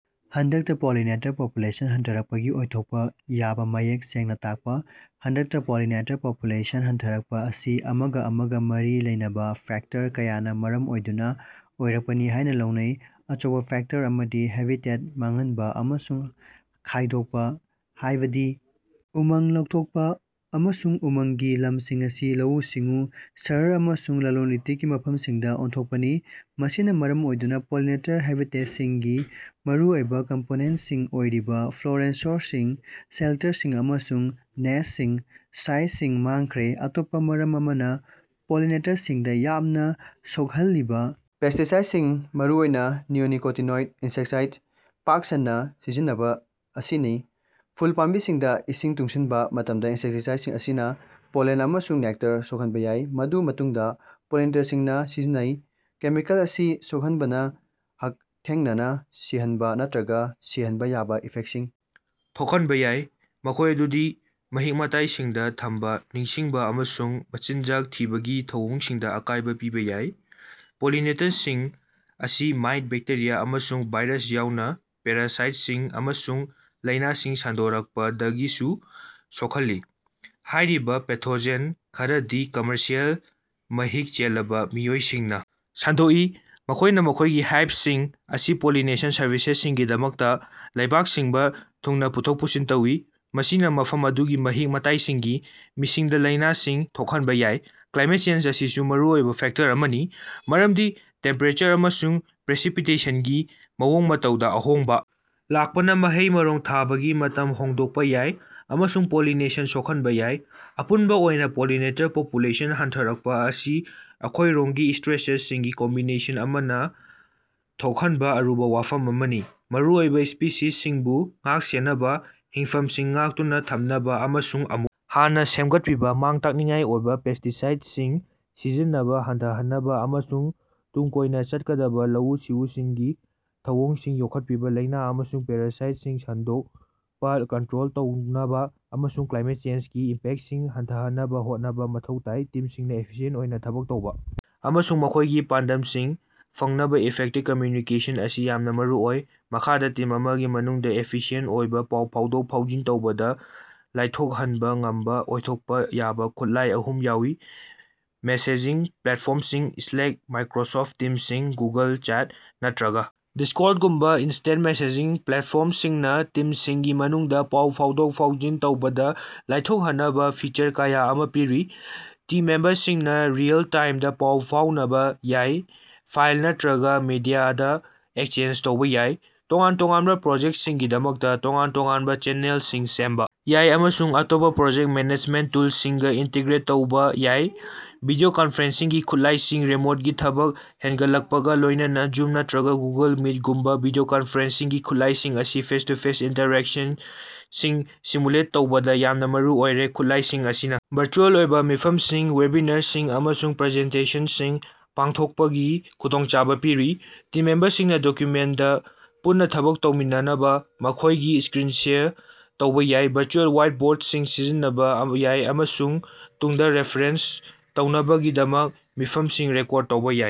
ꯍꯟꯗꯛꯇ pollinator population ꯍꯟꯊꯔꯛꯄꯒꯤ ꯑꯣꯏꯊꯣꯛꯄ ꯌꯥꯕ ꯃꯌꯦꯛ ꯁꯦꯡꯅ ꯇꯥꯛꯄ꯫ ꯍꯟꯗꯛꯇ ꯄꯣꯂꯤꯅꯦꯇꯔ ꯄꯣꯄꯨꯂꯦꯁꯟ ꯍꯟꯊꯔꯛꯄ ꯑꯁꯤ ꯑꯃꯒ ꯑꯃꯒ ꯃꯔꯤ ꯂꯩꯅꯕ ꯐꯦꯛꯇꯔ ꯀꯌꯥꯅ ꯃꯔꯝ ꯑꯣꯏꯗꯨꯅ ꯑꯣꯏꯔꯛꯄꯅꯤ ꯍꯥꯏꯅ ꯂꯧꯅꯩ꯫ ꯑꯆꯧꯕ ꯐꯦꯛꯇꯔ ꯑꯃꯗꯤ ꯍꯦꯕꯤꯇꯦꯠ ꯃꯥꯡꯍꯟꯕ ꯑꯃꯁꯨꯡ ꯈꯥꯏꯗꯣꯛꯄ, ꯍꯥꯢꯕꯗꯤ ꯎꯃꯪ ꯂꯧꯊꯣꯛꯄ ꯑꯃꯁꯨꯡ ꯎꯃꯪꯒꯤ ꯂꯝꯁꯤꯡ ꯑꯁꯤ ꯂꯧꯎ-ꯁꯤꯡꯎ, ꯁꯍꯔ ꯑꯃꯁꯨꯡ ꯂꯂꯣꯟ-ꯏꯇꯤꯛꯀꯤ ꯃꯐꯝꯁꯤꯡꯗ ꯑꯣꯟꯊꯣꯛꯄꯅꯤ꯫ ꯃꯁꯤꯅ ꯃꯔꯝ ꯑꯣꯏꯗꯨꯅ ꯄꯣꯂꯤꯅꯦꯇꯔ ꯍꯥꯏꯕꯦꯇꯁꯤꯡꯒꯤ ꯃꯔꯨꯑꯣꯏꯕ ꯀꯝꯄꯣꯅꯦꯟꯇꯁꯤꯡ ꯑꯣꯏꯔꯤꯕꯥ ꯐ꯭ꯂꯣꯔꯥꯜ ꯁꯣꯔꯁꯁꯤꯡ, ꯁꯦꯂꯇꯔꯁꯤꯡ ꯑꯃꯁꯨꯡ ꯅꯦꯁ꯭ꯇꯤꯡ ꯁꯥꯏꯠꯁꯤꯡ ꯃꯥꯡꯈ꯭ꯔꯦ꯫ ꯑꯇꯣꯞꯄ ꯃꯔꯝ ꯑꯃꯅ ꯄꯣꯂꯤꯅꯦꯇꯔꯁꯤꯡꯗ ꯌꯥꯝꯅ ꯁꯣꯛꯍꯜꯂꯤꯕ ꯄꯦꯁ꯭ꯇꯤꯁꯥꯏꯗꯁꯤꯡ, ꯃꯔꯨꯑꯣꯏꯅꯥ ꯅꯤꯑꯣꯅꯤꯀꯣꯇꯤꯅꯣꯏꯗ ꯏꯟꯁꯦꯛꯇꯤꯁꯥꯏꯗꯁꯤꯡ ꯄꯥꯛ ꯁꯟꯅ ꯁꯤꯖꯤꯟꯅꯕ ꯑꯁꯤꯅꯤ꯫ ꯐꯨꯜ ꯄꯥꯝꯕꯤꯁꯤꯡꯗ ꯏꯁꯤꯡ ꯇꯨꯡꯁꯤꯟꯕ ꯃꯇꯝꯗ ꯏꯅꯁꯦꯛꯇꯤꯁꯥꯏꯗꯁꯤꯡ ꯑꯁꯤꯅ ꯄꯣꯂꯟ ꯑꯃꯁꯨꯡ ꯅꯦꯛꯇꯔ ꯁꯣꯛꯍꯟꯕ ꯌꯥꯏ꯫ ꯃꯗꯨ ꯃꯇꯨꯡꯗ ꯄꯣꯂꯤꯅꯦꯇꯔꯁꯤꯡꯅ ꯁꯤꯖꯤꯟꯅꯩ꯫ ꯀꯦꯃꯤꯀꯦꯜꯁꯤꯡ ꯑꯁꯤꯅ ꯁꯣꯛꯍꯟꯕꯅ ꯍꯛꯊꯦꯡꯅꯅ ꯁꯤꯍꯟꯕ ꯅꯠꯇ꯭ꯔꯒ ꯁꯤꯍꯟꯕ ꯌꯥꯕ ꯏꯐꯦꯛꯇꯁꯤꯡ ꯊꯣꯛꯍꯟꯕ ꯌꯥꯏ꯫ ꯃꯈꯣꯏ ꯑꯗꯨꯗꯤ ꯃꯍꯤꯛ-ꯃꯇꯥꯏꯁꯤꯡꯗ ꯇꯝꯕ, ꯅꯤꯡꯁꯤꯡꯕ ꯑꯃꯁꯨꯡ ꯃꯆꯤꯟꯖꯥꯛ ꯊꯤꯕꯒꯤ ꯊꯧꯑꯣꯡꯁꯤꯡꯗ ꯑꯀꯥꯏꯕ ꯄꯤꯕ ꯌꯥꯏ꯫ ꯄꯣꯂꯤꯅꯦꯇ꯭ꯔꯁꯤꯡ ꯑꯁꯤ ꯃꯥꯏꯠ, ꯕꯦꯛꯇꯦꯔꯤꯌꯥ ꯑꯃꯁꯨꯡ ꯚꯥꯏꯔꯁ ꯌꯥꯎꯅ ꯄꯦꯔꯥꯁꯥꯏꯠꯁꯤꯡ ꯑꯃꯁꯨꯡ ꯂꯥꯏꯅꯥꯁꯤꯡ ꯁꯟꯗꯣꯔꯛꯄꯗꯒꯤꯁꯨ ꯁꯣꯛꯍꯜꯂꯤ꯫ ꯍꯥꯏꯔꯤꯕ ꯄꯦꯊꯣꯖꯦꯟ ꯈꯔꯗꯤ ꯀꯝꯃꯔꯁꯤꯑꯦꯜ ꯃꯍꯤꯛ ꯆꯦꯜꯂꯕ ꯃꯤꯑꯣꯏꯁꯤꯡꯅ ꯁꯟꯗꯣꯛꯏ꯫ ꯃꯈꯣꯏꯅ ꯃꯈꯣꯏꯒꯤ ꯍꯥꯏꯕꯁꯤꯡ ꯑꯁꯤ ꯄꯣꯂꯤꯅꯦꯁꯟ ꯁꯔꯚꯤꯁꯁꯤꯡꯒꯤꯗꯃꯛꯇ ꯂꯩꯕꯥꯛ ꯁꯤꯟꯕ ꯊꯨꯡꯅ ꯄꯨꯊꯣꯛ ꯄꯨꯁꯤꯟ ꯇꯧꯏ꯫ ꯃꯁꯤꯅ ꯃꯐꯝ ꯑꯗꯨꯒꯤ ꯃꯍꯤꯛ-ꯃꯇꯥꯏꯁꯤꯡꯒꯤ ꯃꯤꯁꯤꯡꯗ ꯂꯥꯏꯅꯥꯁꯤꯡ ꯊꯣꯛꯍꯟꯕ ꯌꯥꯏ꯫ ꯀ꯭ꯂꯥꯏꯃꯦꯠ ꯆꯦꯟꯖ ꯑꯁꯤꯁꯨ ꯃꯔꯨꯑꯣꯏꯕ ꯐꯦꯛꯇꯔ ꯑꯃꯅꯤ꯫ ꯃꯔꯝꯗꯤ ꯇꯦꯝꯄꯦꯔꯦꯆꯔ ꯑꯃꯁꯨꯡ ꯄ꯭ꯔꯦꯁꯤꯄꯤꯇꯦꯁꯟꯒꯤ ꯃꯑꯣꯡ-ꯃꯇꯧꯗ ꯑꯍꯣꯡꯕ ꯂꯥꯛꯄꯅ ꯃꯍꯩ-ꯃꯔꯣꯡ ꯊꯥꯕꯒꯤ ꯃꯇꯝ ꯍꯣꯡꯗꯣꯛꯄ ꯌꯥꯏ꯫ ꯑꯃꯁꯨꯡ ꯄꯣꯂꯤꯅꯦꯁꯟ ꯁꯣꯛꯍꯟꯕ ꯌꯥꯏ꯫ ꯑꯄꯨꯟꯕ ꯑꯣꯏꯅ ꯄꯣꯂꯤꯅꯦꯇꯔ ꯄꯣꯄꯨꯂꯦꯁꯟ ꯍꯟꯊꯔꯛꯄ ꯑꯁꯤ ꯑꯀꯣꯏꯔꯣꯟꯒꯤ ꯁ꯭ꯇꯔꯦꯁꯔꯁꯤꯡꯒꯤ ꯀꯝꯕꯤꯅꯦꯁꯟ ꯑꯃꯅ ꯊꯣꯛꯍꯟꯕ ꯑꯔꯨꯕ ꯋꯥꯐꯝ ꯑꯃꯅꯤ꯫ ꯃꯔꯨꯑꯣꯏꯕ ꯁ꯭ꯄꯤꯁꯤꯁꯁꯤꯡ ꯑꯁꯤꯕꯨ ꯉꯥꯛ-ꯁꯦꯟꯅꯕ, ꯍꯤꯡꯐꯃꯁꯤꯡ ꯉꯥꯛꯇꯨꯅ ꯊꯝꯅꯕ ꯑꯃꯁꯨꯡ ꯑꯃꯨꯛ ꯍꯟꯅ ꯁꯦꯃꯒꯠꯅꯕ, ꯃꯥꯡ-ꯇꯥꯛꯅꯤꯡꯉꯥꯏ ꯑꯣꯏꯕ ꯄꯦꯁ꯭ꯇꯤꯁꯥꯏꯗꯁꯤꯡ ꯁꯤꯖꯤꯟꯅꯕ ꯍꯟꯊꯍꯟꯅꯕ ꯑꯃꯁꯨꯡ ꯇꯨꯡ ꯀꯣꯏꯅ ꯆꯠꯀꯗꯕ ꯂꯧꯎ-ꯁꯤꯡꯎꯒꯤ ꯊꯧꯑꯣꯡꯁꯤꯡ ꯌꯣꯛꯈꯠꯅꯕ, ꯂꯥꯌꯅꯥ ꯑꯃꯁꯨꯡ ꯄꯦꯔꯥꯁꯥꯏꯠꯁꯤꯡ ꯁꯟꯗꯣꯀꯄꯥ ꯀꯟꯠꯔꯣꯜ ꯇꯧꯅꯕ, ꯑꯃꯁꯨꯡ ꯀ꯭ꯂꯥꯏꯃꯦꯠ ꯆꯦꯟꯖꯒꯤ ꯏꯝꯄꯦꯛꯇꯁꯤꯡ ꯍꯟꯊꯍꯟꯅꯕ ꯍꯣꯠꯅꯕ ꯃꯊꯧ ꯇꯥꯏ꯫ ꯇꯤꯝꯁꯤꯡꯅ ꯏꯐꯤꯁꯤꯌꯦꯟꯇ ꯑꯣꯏꯅ ꯊꯕꯛ ꯇꯧꯕ ꯑꯃꯁꯨꯡ ꯃꯈꯣꯏꯒꯤ ꯄꯥꯟꯗꯝꯁꯤꯡ ꯐꯪꯅꯕ ꯏꯐꯦꯛꯇꯤꯕ ꯀꯝꯝꯌꯨꯅꯤꯀꯦꯁꯟ ꯑꯁꯤ ꯌꯥꯝꯅ ꯃꯔꯨꯑꯣꯏ꯫ ꯃꯈꯥꯗ ꯇꯤꯝ ꯑꯃꯒꯤ ꯃꯅꯨꯡꯗ ꯏꯐꯤꯁꯤꯑꯦꯟꯇ ꯑꯣꯏꯕ ꯄꯥꯎ ꯐꯥꯎꯗꯣꯛ-ꯐꯥꯎꯖꯤꯟ ꯇꯧꯕꯗ ꯂꯥꯏꯊꯣꯛꯍꯟꯕ ꯉꯝꯕ ꯑꯣꯏꯊꯣꯛꯄ ꯌꯥꯕ ꯈꯨꯠꯂꯥꯏ ꯑꯍꯨꯝ ꯌꯥꯎꯏ: ꯃꯦꯁꯦꯖꯤꯡ ꯄ꯭ꯂꯦꯇꯐꯣꯔꯃꯁꯤꯡ: ꯁ꯭ꯂꯦꯛ, ꯃꯥꯏꯀ꯭ꯔꯣꯁꯣꯐꯠ ꯇꯤꯝꯁꯤꯡ, ꯒꯨꯒꯜ ꯆꯦꯠ, ꯅꯠꯇ꯭ꯔꯒ ꯗꯤꯁ꯭ꯀꯣꯔꯗꯒꯨꯝꯕ ꯏꯅꯁ꯭ꯇꯦꯟꯇ ꯃꯦꯁꯦꯖꯤꯡ ꯄ꯭ꯂꯦꯇꯐꯣꯔꯃꯁꯤꯡꯅ ꯇꯤꯝꯁꯤꯡꯒꯤ ꯃꯅꯨꯡꯗ ꯄꯥꯎ ꯐꯥꯎꯗꯣꯛ-ꯐꯥꯎꯖꯤꯟ ꯇꯧꯕꯗ ꯂꯥꯏꯊꯣꯛꯍꯟꯅꯕ ꯐꯤꯆꯔ ꯀꯌꯥ ꯑꯃ ꯄꯤꯔꯤ꯫ ꯇꯤꯝ ꯃꯦꯝꯕꯔꯁꯤꯡꯅ ꯔꯤꯑꯦꯜ-ꯇꯥꯏꯝꯗ ꯄꯥꯎ ꯐꯥꯎꯅꯕ ꯌꯥꯏ꯫ ꯐꯥꯏꯜ ꯅꯠꯇ꯭ꯔꯒ ꯃꯦꯗꯤꯌꯥꯗ ꯑꯦꯛꯁꯆꯦꯟꯖ ꯇꯧꯕ ꯌꯥꯏ꯫ ꯇꯣꯉꯥꯟ ꯇꯣꯉꯥꯟꯕ ꯄ꯭ꯔꯣꯖꯦꯛꯇꯁꯤꯡꯒꯤꯗꯃꯛꯇ ꯇꯣꯉꯥꯟ ꯇꯣꯉꯥꯟꯕ ꯆꯦꯅꯦꯜꯁꯤꯡ ꯁꯦꯝꯕ ꯌꯥꯏ꯫ ꯑꯃꯁꯨꯡ ꯑꯇꯣꯞꯄ ꯄ꯭ꯔꯣꯖꯦꯛꯇ ꯃꯦꯅꯦꯖꯃꯦꯟꯇ ꯇꯨꯂꯁꯤꯡꯒ ꯏꯟꯇꯤꯒ꯭ꯔꯦꯠ ꯇꯧꯕ ꯌꯥꯏ꯫ ꯚꯤꯗꯤꯑꯣ ꯀꯅꯐꯔꯦꯟꯁꯤꯡꯒꯤ ꯈꯨꯠꯂꯥꯢꯁꯤꯡ: ꯔꯤꯃꯣꯠꯀꯤ ꯊꯕꯛ ꯍꯦꯅꯒꯠꯂꯛꯄꯒ ꯂꯣꯏꯅꯅ ꯖꯨꯝ ꯅꯠꯇ꯭ꯔꯒ ꯒꯨꯒꯜ ꯃꯤꯇꯒꯨꯝꯕ ꯚꯤꯗꯤꯑꯣ ꯀꯅꯐꯔꯦꯟꯁꯤꯡꯒꯤ ꯈꯨꯠꯂꯥꯏꯁꯤꯡ ꯑꯁꯤ ꯐꯦꯁ-ꯇꯨ-ꯐꯦꯁ ꯏꯟꯇꯔꯦꯛꯁꯅꯁꯤꯡ ꯁꯤꯃꯨꯂꯦꯠ ꯇꯧꯕꯗ ꯌꯥꯝꯅ ꯃꯔꯨ ꯑꯣꯏꯔꯦ꯫ ꯈꯨꯠꯂꯥꯏꯁꯤꯡ ꯑꯁꯤꯅ ꯚꯔꯆꯨꯑꯦꯜ ꯑꯣꯏꯕ ꯃꯤꯐꯝꯁꯤꯡ, ꯋꯦꯕꯤꯅꯥꯔꯁꯤꯡ, ꯑꯃꯁꯨꯡ ꯄ꯭ꯔꯖꯦꯟꯇꯦꯁꯟꯁꯤꯡ ꯄꯥꯡꯊꯣꯛꯄꯒꯤ ꯈꯨꯗꯣꯡꯆꯥꯕ ꯄꯤꯔꯤ꯫ ꯇꯤꯝ ꯃꯦꯝꯕꯔꯁꯤꯡꯅ ꯗꯣꯀꯨꯃꯦꯟꯇꯁꯤꯡꯗ ꯄꯨꯟꯅ ꯊꯕꯛ ꯇꯧꯃꯤꯟꯅꯅꯕ ꯃꯈꯣꯏꯒꯤ ꯁ꯭ꯀꯔꯤꯅꯁꯤꯡ ꯁꯦꯌꯔ ꯇꯧꯕꯥ ꯌꯥꯏ꯫ ꯚꯔꯆꯨꯑꯦꯜ ꯋꯥꯏꯠꯕꯣꯔꯗꯁꯤꯡ ꯁꯤꯖꯤꯟꯅꯕ ꯌꯥꯏ ꯑꯃꯁꯨꯡ ꯇꯨꯡꯗ ꯔꯤꯐꯔꯦꯟꯁ ꯇꯧꯅꯕꯒꯤꯗꯃꯛ ꯃꯤꯐꯝꯁꯤꯡ ꯔꯦꯀꯣꯔꯗ ꯇꯧꯕ ꯌꯥꯏ꯫